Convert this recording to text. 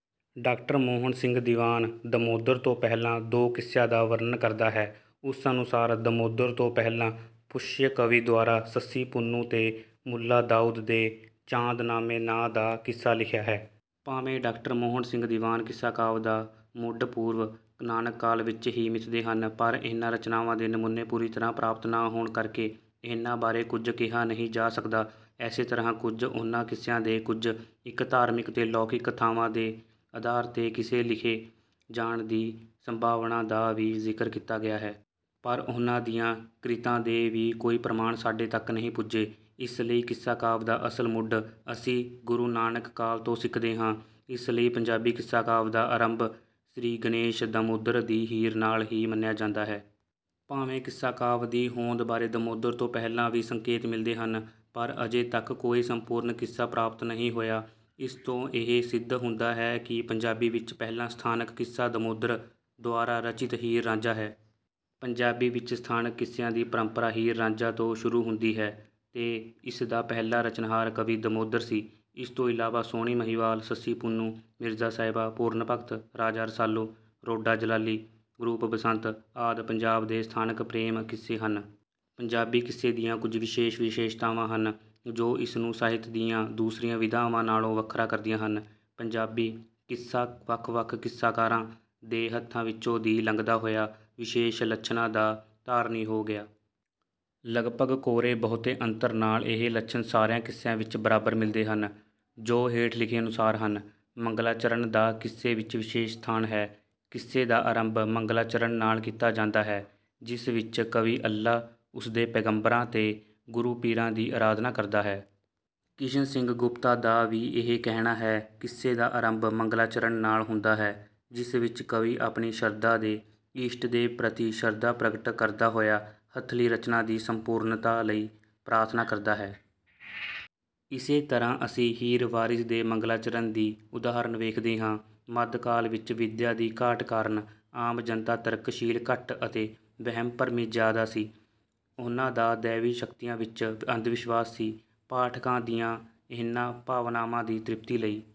ਡਾ. ਮੋਹਨ ਸਿੰਘ ਦੀਵਾਨ ਦਮੋਦਰ ਤੋਂ ਪਹਿਲਾਂ ਦੋ ਕਿੱਸਿਆਂ ਦਾ ਵਰਣਨ ਕਰਦਾ ਹੈ। ਉਸ ਅਨੁਸਾਰ, ਦਮੋਦਰ ਤੋਂ ਪਹਿਲਾਂ ਪੁਸ਼ਯ ਕਵੀ ਦੁਆਰਾ ‘ਸੱਸੀ-ਪੁੰਨੂੰ’ ਤੇ ਮੁਲਾ ਦਾਊਦ ਦੇ ‘ਚਾਂਦ ਨਾਮੇ’ ਨਾਂ ਦਾ ਕਿੱਸਾ ਲਿਖਿਆ ਹੈ। ਭਾਵੇਂ ਡਾ. ਮੋਹਨ ਸਿੰਘ ਦੀਵਾਨ ਕਿੱਸਾ-ਕਾਵਿ ਦਾ ਮੁੱਢ ਪੂਰਵ-ਨਾਨਕ ਕਾਲ ਵਿੱਚ ਹੀ ਮਿਥਦੇ ਹਨ, ਪਰ ਇਹਨਾਂ ਰਚਨਾਵਾਂ ਦੇ ਨਮੂਨੇ ਪੂਰੀ ਤਰ੍ਹਾਂ ਪ੍ਰਾਪਤ ਨਾ ਹੋਣ ਕਰਕੇ ਇਹਨਾਂ ਬਾਰੇ ਕੁਝ ਕਿਹਾ ਨਹੀਂ ਜਾ ਸਕਦਾ। ਏਸੇ ਤਰ੍ਹਾਂ ਕੁਝ ਉਹਨਾਂ ਕਿੱਸਿਆਂ ਦੇ, ਕੁਝ ਇੱਕ ਧਾਰਮਿਕ ਤੇ ਲੋਕਿਕ ਕਥਾਵਾਂ ਦੇ ਆਧਾਰ ’ਤੇ, ਕਿੱਸੇ ਲਿਖੇ ਜਾਣ ਦੀਆਂ ਸੰਭਾਵਨਾਵਾਂ ਦਾ ਵੀ ਜ਼ਿਕਰ ਕੀਤਾ ਗਿਆ ਹੈ। ਪਰ ਉਹਨਾਂ ਦੀਆਂ ਕ੍ਰਿਤਾਂ ਦੇ ਵੀ ਕੋਈ ਪ੍ਰਮਾਣ ਸਾਡੇ ਤੱਕ ਨਹੀਂ ਪੁੱਜੇ। ਇਸ ਲਈ ਕਿੱਸਾ-ਕਾਵਿ ਦਾ ਅਸਲ ਮੁੱਢ ਅਸੀਂ ਗੁਰੂ ਨਾਨਕ ਕਾਲ ਤੋਂ ਸਿੱਖਦੇ ਹਾਂ। ਇਸ ਲਈ ਪੰਜਾਬੀ ਕਿੱਸਾ-ਕਾਵਿ ਦਾ ਆਰੰਭ ਸ੍ਰੀ ਗਣੇਸ਼, ਦਮੋਦਰ ਦੀ ਹੀਰ ਨਾਲ ਹੀ ਮੰਨਿਆ ਜਾਂਦਾ ਹੈ। ਭਾਵੇਂ ਕਿੱਸਾ-ਕਾਵਿ ਦੀ ਹੋਂਦ ਬਾਰੇ ਦਮੋਦਰ ਤੋਂ ਪਹਿਲਾਂ ਵੀ ਸੰਕੇਤ ਮਿਲਦੇ ਹਨ, ਪਰ ਅਜੇ ਤੱਕ ਕੋਈ ਸੰਪੂਰਨ ਕਿੱਸਾ ਪ੍ਰਾਪਤ ਨਹੀਂ ਹੋਇਆ। ਇਸ ਤੋਂ ਇਹ ਸਿੱਧ ਹੁੰਦਾ ਹੈ ਕਿ ਪੰਜਾਬੀ ਵਿੱਚ ਪਹਿਲਾ ਸਥਾਨਕ ਕਿੱਸਾ ਦਮੋਦਰ ਦੁਆਰਾ ਰਚਿਤ ‘ਹੀਰ-ਰਾਂਝਾ’ ਹੈ। “ਪੰਜਾਬੀ ਵਿੱਚ ਸਥਾਨਕ ਕਿੱਸਿਆਂ ਦੀ ਪਰੰਪਰਾ ‘ਹੀਰ-ਰਾਂਝਾ’ ਤੋਂ ਸ਼ੁਰੂ ਹੁੰਦੀ ਹੈ ਤੇ ਇਸ ਦਾ ਪਹਿਲਾ ਰਚਨਹਾਰ ਕਵੀ ਦਮੋਦਰ ਸੀ। ਇਸ ਤੋਂ ਇਲਾਵਾ ‘ਸੋਹਣੀ-ਮਹੀਂਵਾਲ’, ‘ਸੱਸੀ-ਪੁੰਨੂੰ’, ‘ਮਿਰਜ਼ਾ-ਸਾਹਿਬਾਂ’, ‘ਪੂਰਨ ਭਗਤ’, ‘ਰਾਜਾ ਰਸਾਲੂ’, ‘ਰੋਡਾ ਜਲਾਲੀ’, ‘ਰੂਪ-ਬਸੰਤ’ ਆਦਿ ਪੰਜਾਬ ਦੇ ਸਥਾਨਕ ਪ੍ਰੇਮ-ਕਿੱਸੇ ਹਨ।” ਪੰਜਾਬੀ ਕਿੱਸੇ ਦੀਆਂ ਕੁਝ ਵਿਸ਼ੇਸ਼ ਵਿਸ਼ੇਸ਼ਤਾਵਾਂ ਹਨ, ਜੋ ਇਸ ਨੂੰ ਸਾਹਿਤ ਦੀਆਂ ਦੂਸਰੀਆਂ ਵਿਧਾਵਾਂ ਨਾਲੋਂ ਵੱਖਰਾ ਕਰਦੀਆਂ ਹਨ। ਪੰਜਾਬੀ ਕਿੱਸਾ ਵੱਖ-ਵੱਖ ਕਿੱਸਾਕਾਰਾਂ ਦੇ ਹੱਥਾਂ ਵਿੱਚੋਂ ਦੀ ਲੰਘਦਾ ਹੋਇਆ ਵਿਸ਼ੇਸ਼ ਲੱਛਣਾਂ ਦਾ ਧਾਰਨੀ ਹੋ ਗਿਆ। ਲਗਭਗ ਕੋਰੇ-ਬਹੁਤੇ ਅੰਤਰ ਨਾਲ ਇਹ ਲੱਛਣ ਸਾਰਿਆਂ ਕਿੱਸਿਆਂ ਵਿੱਚ ਬਰਾਬਰ ਮਿਲਦੇ ਹਨ, ਜੋ ਹੇਠ ਲਿਖੇ ਅਨੁਸਾਰ ਹਨ: ਮੰਗਲਾਚਰਣ ਦਾ ਕਿੱਸੇ ਵਿੱਚ ਵਿਸ਼ੇਸ਼ ਸਥਾਨ ਹੈ। ਕਿੱਸੇ ਦਾ ਆਰੰਭ ਮੰਗਲਾਚਰਣ ਨਾਲ ਕੀਤਾ ਜਾਂਦਾ ਹੈ, ਜਿਸ ਵਿੱਚ ਕਵੀ ਅੱਲਾਹ, ਉਸ ਦੇ ਪੈਗੰਬਰਾਂ ਤੇ ਗੁਰੂ-ਪੀਰਾਂ ਦੀ ਅਰਾਧਨਾ ਕਰਦਾ ਹੈ। ਕਿਸ਼ਨ ਸਿੰਘ ਗੁਪਤਾ ਦਾ ਵੀ ਇਹ ਕਹਿਣਾ ਹੈ, “ਕਿੱਸੇ ਦਾ ਆਰੰਭ ਮੰਗਲਾਚਰਣ ਨਾਲ ਹੁੰਦਾ ਹੈ, ਜਿਸ ਵਿੱਚ ਕਵੀ ਆਪਣੀ ਸ਼ਰਧਾ ਦੇ ਇਸ਼ਟਦੇਵ ਪ੍ਰਤੀ ਸ਼ਰਧਾ ਪ੍ਰਗਟ ਕਰਦਾ ਹੋਇਆ ਹੱਥਲੀ ਰਚਨਾ ਦੀ ਸੰਪੂਰਨਤਾ ਲਈ ਪ੍ਰਾਰਥਨਾ ਕਰਦਾ ਹੈ।” ਇਸੇ ਤਰ੍ਹਾਂ ਅਸੀਂ ‘ਹੀਰ ਵਾਰਿਸ’ ਦੇ ਮੰਗਲਾਚਰਣ ਦੀ ਉਦਾਹਰਨ ਵੇਖਦੇ ਹਾਂ। ਮੱਧਕਾਲ ਵਿੱਚ ਵਿੱਦਿਆ ਦੀ ਘਾਟ ਕਾਰਣ ਆਮ ਜਨਤਾ ਤਰਕਸ਼ੀਲ ਘੱਟ ਅਤੇ ਵਹਿਮ-ਭਰਮੀ ਜ਼ਿਆਦਾ ਸੀ। ਉਹਨਾਂ ਦਾ ਦੈਵੀ ਸ਼ਕਤੀਆਂ ਵਿੱਚ ਅੰਧਵਿਸ਼ਵਾਸ ਸੀ। ਪਾਠਕਾਂ ਦੀਆਂ ਇਹਨਾਂ ਭਾਵਨਾਵਾਂ ਦੀ ਤ੍ਰਿਪਤੀ ਲਈ...